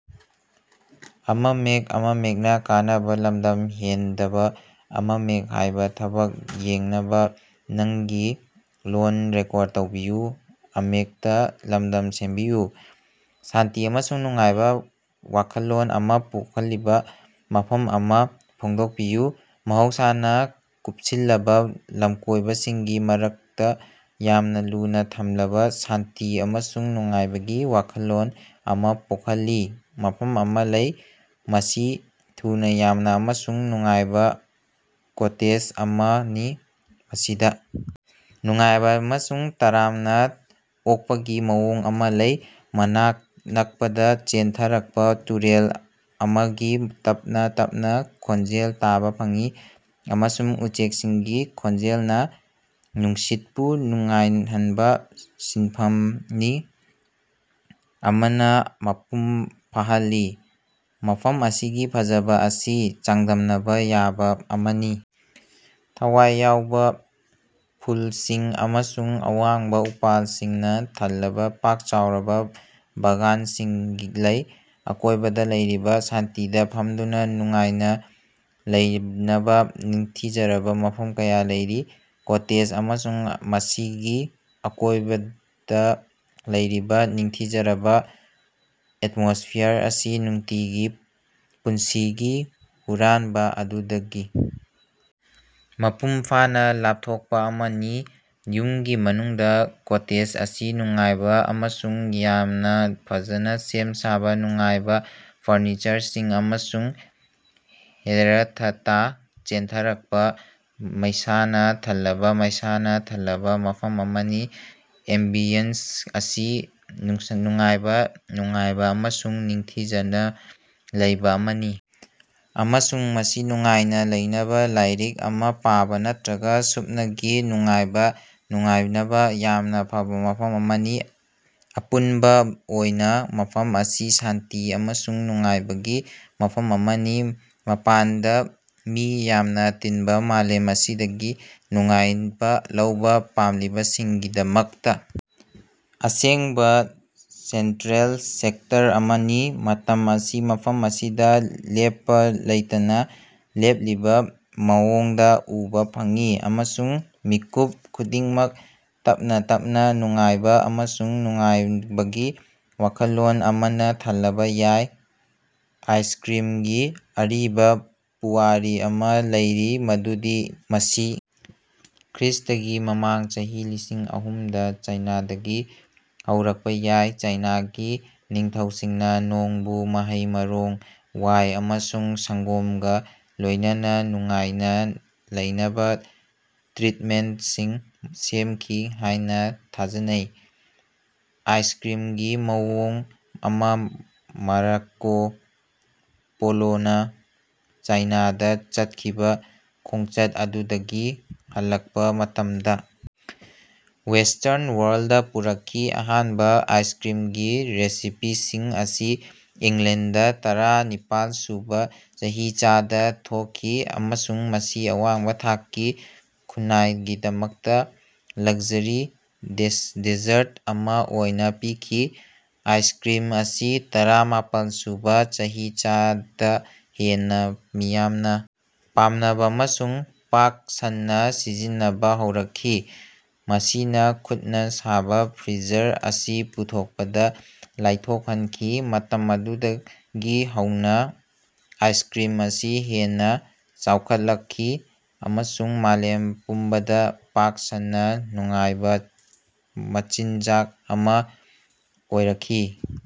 ꯁꯥꯟꯇꯤ ꯑꯃꯁꯨꯡ ꯅꯨꯡꯉꯥꯏꯕ ꯋꯥꯈꯜꯂꯣꯟ ꯑꯃ ꯄꯣꯛꯍꯜꯂꯤꯕ ꯃꯐꯝ ꯑꯃ ꯐꯣꯡꯗꯣꯛꯄꯤꯌꯨ꯫ ꯃꯍꯧꯁꯥꯅ ꯀꯨꯞꯁꯤꯜꯂꯕ ꯂꯝꯀꯣꯏꯕꯁꯤꯡꯒꯤ ꯃꯔꯛꯇ ꯌꯥꯝꯅ ꯂꯨꯅ ꯊꯝꯂꯕ ꯁꯥꯟꯇꯤ ꯑꯃꯁꯨꯡ ꯅꯨꯡꯉꯥꯏꯕꯒꯤ ꯋꯥꯈꯜꯂꯣꯟ ꯑꯃ ꯄꯣꯛꯍꯜꯂꯤ ꯃꯐꯝ ꯑꯃ ꯂꯩ꯫ ꯃꯁꯤ ꯊꯨꯅ ꯌꯥꯝꯅ ꯑꯃꯁꯨꯡ ꯅꯨꯡꯉꯥꯏꯕ ꯀꯣꯇꯦꯖ ꯑꯃꯅꯤ꯫ ꯃꯁꯤꯗ ꯅꯨꯡꯉꯥꯏꯕ ꯑꯃꯁꯨꯡ ꯇꯔꯥꯝꯅ ꯑꯣꯛꯄꯒꯤ ꯃꯑꯣꯡ ꯑꯃ ꯂꯩ꯫ ꯃꯅꯥꯛ ꯅꯛꯄꯗ ꯆꯦꯟꯊꯔꯛꯄ ꯇꯨꯔꯦꯜ ꯑꯃꯒꯤ ꯇꯞꯅ ꯇꯞꯅ ꯈꯣꯟꯖꯦꯜ ꯇꯥꯕ ꯐꯪꯏ꯫ ꯑꯃꯁꯨꯡ ꯎꯆꯦꯛꯁꯤꯡꯒꯤ ꯈꯣꯟꯖꯦꯜꯅ ꯅꯨꯡꯁꯤꯠꯄꯨ ꯅꯨꯡꯉꯥꯏꯍꯟꯕ ꯁꯤꯟꯐꯝꯅꯤ ꯑꯃꯅ ꯃꯄꯨꯝ ꯐꯥꯍꯜꯂꯤ꯫ ꯃꯐꯝ ꯑꯁꯤꯒꯤ ꯐꯖꯕ ꯑꯁꯤ ꯆꯥꯡꯗꯝꯅꯕ ꯌꯥꯕ ꯑꯃꯅꯤ꯫ ꯊꯋꯥꯏ ꯌꯥꯎꯕ ꯐꯨꯜꯁꯤꯡ ꯑꯃꯁꯨꯡ ꯑꯋꯥꯡꯕ ꯎꯄꯥꯜꯁꯤꯡꯅ ꯊꯜꯂꯕ ꯄꯥꯛ ꯆꯥꯎꯔꯕ ꯕꯥꯒꯥꯟꯁꯤꯡ ꯂꯩ꯫ ꯑꯀꯣꯏꯕꯗ ꯂꯩꯔꯤꯕ ꯁꯥꯟꯇꯤꯗ ꯐꯝꯗꯨꯅ ꯅꯨꯡꯉꯥꯏꯅ ꯂꯩꯅꯕ ꯅꯤꯡꯊꯤꯖꯔꯕ ꯃꯐꯝ ꯀꯌꯥ ꯂꯩꯔꯤ꯫ ꯀꯣꯇꯦꯖ ꯑꯃꯁꯨꯡ ꯃꯁꯤꯒꯤ ꯑꯀꯣꯏꯕꯗ ꯂꯩꯔꯤꯕ ꯅꯤꯡꯊꯤꯖꯔꯕ ꯑꯦꯠꯃꯣꯁ꯭ꯐꯤꯌꯥꯔ ꯑꯁꯤ ꯅꯨꯡꯇꯤꯒꯤ ꯄꯨꯟꯁꯤꯒꯤ ꯍꯨꯔꯥꯟꯕ ꯑꯗꯨꯗꯒꯤ ꯃꯄꯨꯡ ꯐꯥꯅ ꯂꯥꯞꯊꯣꯛꯄ ꯑꯃꯅꯤ꯫ ꯌꯨꯝꯒꯤ ꯃꯅꯨꯡꯗ ꯀꯣꯇꯦꯖ ꯑꯁꯤ ꯅꯨꯡꯉꯥꯏꯕ ꯑꯃꯁꯨꯡ ꯌꯥꯝꯅ ꯐꯖꯅ ꯁꯦꯝ ꯁꯥꯕ ꯅꯨꯡꯉꯥꯏꯕ ꯐꯔꯅꯤꯆꯔꯁꯤꯡ ꯑꯃꯁꯨꯡ ꯍꯦꯔꯊꯇꯥ ꯆꯦꯟꯊꯔꯛꯄ ꯃꯩꯁꯥꯅ ꯊꯜꯂꯕ ꯃꯩꯁꯥꯅ ꯊꯜꯂꯕ ꯃꯐꯝ ꯑꯃꯅꯤ꯫ ꯑꯦꯝꯕꯤꯌꯟꯁ ꯑꯁꯤ ꯅꯨꯡꯁ ꯅꯨꯡꯉꯥꯏꯕ ꯅꯨꯡꯉꯥꯏꯕ ꯑꯃꯁꯨꯡ ꯅꯤꯡꯊꯤꯖꯅ ꯂꯩꯕ ꯑꯃꯅꯤ꯫ ꯑꯃꯁꯨꯡ ꯃꯁꯤ ꯅꯨꯡꯉꯥꯏꯅ ꯂꯩꯅꯕ ꯂꯥꯏꯔꯤꯛ ꯑꯃ ꯄꯥꯕꯥ ꯅꯠꯇ꯭ꯔꯒ ꯁꯨꯞꯅꯒꯤ ꯅꯨꯡꯉꯥꯏꯕ ꯅꯨꯡꯉꯥꯏꯅꯕ ꯌꯥꯝꯅ ꯐꯕ ꯃꯐꯝ ꯑꯃꯅꯤ꯫ ꯑꯄꯨꯟꯕ ꯑꯣꯏꯅ ꯃꯐꯝ ꯑꯁꯤ ꯁꯥꯟꯇꯤ ꯑꯃꯁꯨꯡ ꯅꯨꯡꯉꯥꯏꯕꯒꯤ ꯃꯐꯝ ꯑꯃꯅꯤ꯫ ꯃꯄꯥꯟꯗ ꯃꯤ ꯌꯥꯝꯅ ꯇꯤꯟꯕ ꯃꯥꯂꯦꯝ ꯑꯁꯤꯗꯒꯤ ꯅꯨꯡꯉꯥꯏꯕ ꯂꯧꯕ ꯄꯥꯝꯂꯤꯕꯁꯤꯡꯒꯤꯗꯃꯛꯇ ꯑꯁꯦꯡꯕ ꯁꯦꯟꯇ꯭ꯔꯦꯜ ꯁꯦꯛꯇꯔ ꯑꯃꯅꯤ꯫ ꯃꯇꯝ ꯑꯁꯤ ꯃꯐꯝ ꯑꯁꯤꯗ ꯂꯦꯞꯄ ꯂꯩꯇꯅ ꯂꯦꯞꯂꯤꯕ ꯃꯑꯣꯡꯗ ꯎꯕ ꯐꯪꯏ꯫ ꯑꯃꯁꯨꯡ ꯃꯤꯀꯨꯞ ꯈꯨꯗꯤꯡꯃꯛ ꯇꯞꯅ ꯇꯞꯅ ꯅꯨꯡꯉꯥꯏꯕ ꯑꯃꯁꯨꯡ ꯅꯨꯡꯉꯥꯏꯕꯒꯤ ꯋꯥꯈꯜꯂꯣꯟ ꯑꯃꯅ ꯊꯜꯂꯕ ꯌꯥꯏ꯫ ꯑꯥꯏꯁꯀ꯭ꯔꯤꯝꯒꯤ ꯑꯔꯤꯕ ꯄꯨꯋꯥꯔꯤ ꯑꯃ ꯂꯩꯔꯤ ꯃꯗꯨꯗꯤ ꯃꯁꯤ ꯈ꯭ꯔ꯭ꯤꯁ꯭ꯇꯒꯤ ꯃꯃꯥꯡ ꯆꯍꯤ ꯂꯤꯁꯤꯡ ꯑꯍꯨꯝꯗ ꯆꯥꯏꯅꯥꯗꯒꯤ ꯍꯧꯔꯛꯄ ꯌꯥꯏ꯫ ꯆꯥꯏꯅꯥꯒꯤ ꯅꯤꯡꯊꯧꯁꯤꯡꯅ ꯅꯣꯡꯕꯨ ꯃꯍꯩ-ꯃꯔꯣꯡ, ꯋꯥꯏ ꯑꯃꯁꯨꯡ ꯁꯪꯒꯣꯝꯒ ꯂꯣꯏꯅꯅ ꯅꯨꯡꯉꯥꯏꯅ ꯂꯩꯅꯕ ꯇ꯭ꯔꯤꯠꯃꯦꯟꯇꯁꯤꯡ ꯁꯦꯝꯈꯤ ꯍꯥꯏꯅ ꯊꯥꯖꯅꯩ꯫ ꯑꯥꯏꯁꯀ꯭ꯔꯤꯝꯒꯤ ꯃꯑꯣꯡ ꯑꯃ ꯃꯥꯔꯛꯀꯣ ꯄꯣꯂꯣꯅꯥ ꯆꯥꯏꯅꯥꯗ ꯆꯠꯈꯤꯕ ꯈꯣꯡꯆꯠ ꯑꯗꯨꯗꯒꯤ ꯍꯜꯂꯛꯄ ꯃꯇꯝꯗ ꯋꯦꯁ꯭ꯇꯔꯟ ꯋꯥꯔꯜꯗ ꯗ ꯄꯨꯔꯛꯈꯤ꯫ ꯑꯍꯥꯟꯕ ꯑꯥꯏꯁꯀ꯭ꯔꯤꯝꯒꯤ ꯔꯦꯁꯤꯄꯤꯁꯤꯡ ꯑꯁꯤ ꯏꯪꯂꯦꯟꯗ ꯗ ꯇꯔꯥ ꯅꯤꯄꯥꯜ ꯁꯨꯕ ꯆꯍꯤꯆꯥꯗ ꯊꯣꯛꯈꯤ ꯫ ꯑꯃꯁꯨꯡ ꯃꯁꯤ ꯑꯋꯥꯡꯕ ꯊꯥꯛꯀꯤ ꯈꯨꯟꯅꯥꯏꯒꯤꯗꯃꯛꯇ ꯂꯛꯖꯔꯤ ꯗꯦꯁ ꯗꯦꯖꯔꯠ ꯑꯃ ꯑꯣꯏꯅ ꯄꯤꯈꯤ꯫ ꯑꯥꯏꯁꯀ꯭ꯔꯤꯝ ꯑꯁꯤ ꯇꯔꯥꯃꯥꯄꯜ ꯁꯨꯕ ꯆꯍꯤꯆꯥꯗ ꯍꯦꯟꯅ ꯃꯤꯌꯥꯝꯅ ꯄꯥꯝꯅꯕ ꯑꯃꯁꯨꯡ ꯄꯥꯛ ꯁꯟꯅ ꯁꯤꯖꯤꯟꯅꯕ ꯍꯧꯔꯛꯈꯤ꯫ ꯃꯁꯤꯅ ꯈꯨꯠꯅ ꯁꯥꯕ ꯐ꯭ꯔꯤꯖꯔ ꯑꯁꯤ ꯄꯨꯊꯣꯛꯄꯗ ꯂꯥꯏꯊꯣꯛꯍꯟꯈꯤ꯫ ꯃꯇꯝ ꯑꯗꯨꯗꯒꯤ ꯍꯧꯅ ꯑꯥꯏꯁꯀ꯭ꯔꯤꯝ ꯑꯁꯤ ꯍꯦꯟꯅ ꯆꯥꯎꯈꯠꯂꯛꯈꯤ ꯫ꯑꯃꯁꯨꯡ ꯃꯥꯂꯦꯝ ꯄꯨꯝꯕꯗ ꯄꯥꯛ ꯁꯟꯅ ꯅꯨꯡꯉꯥꯏꯕ ꯃꯆꯤꯟꯖꯥꯛ ꯑꯃ ꯑꯣꯏꯔꯛꯈꯤ꯫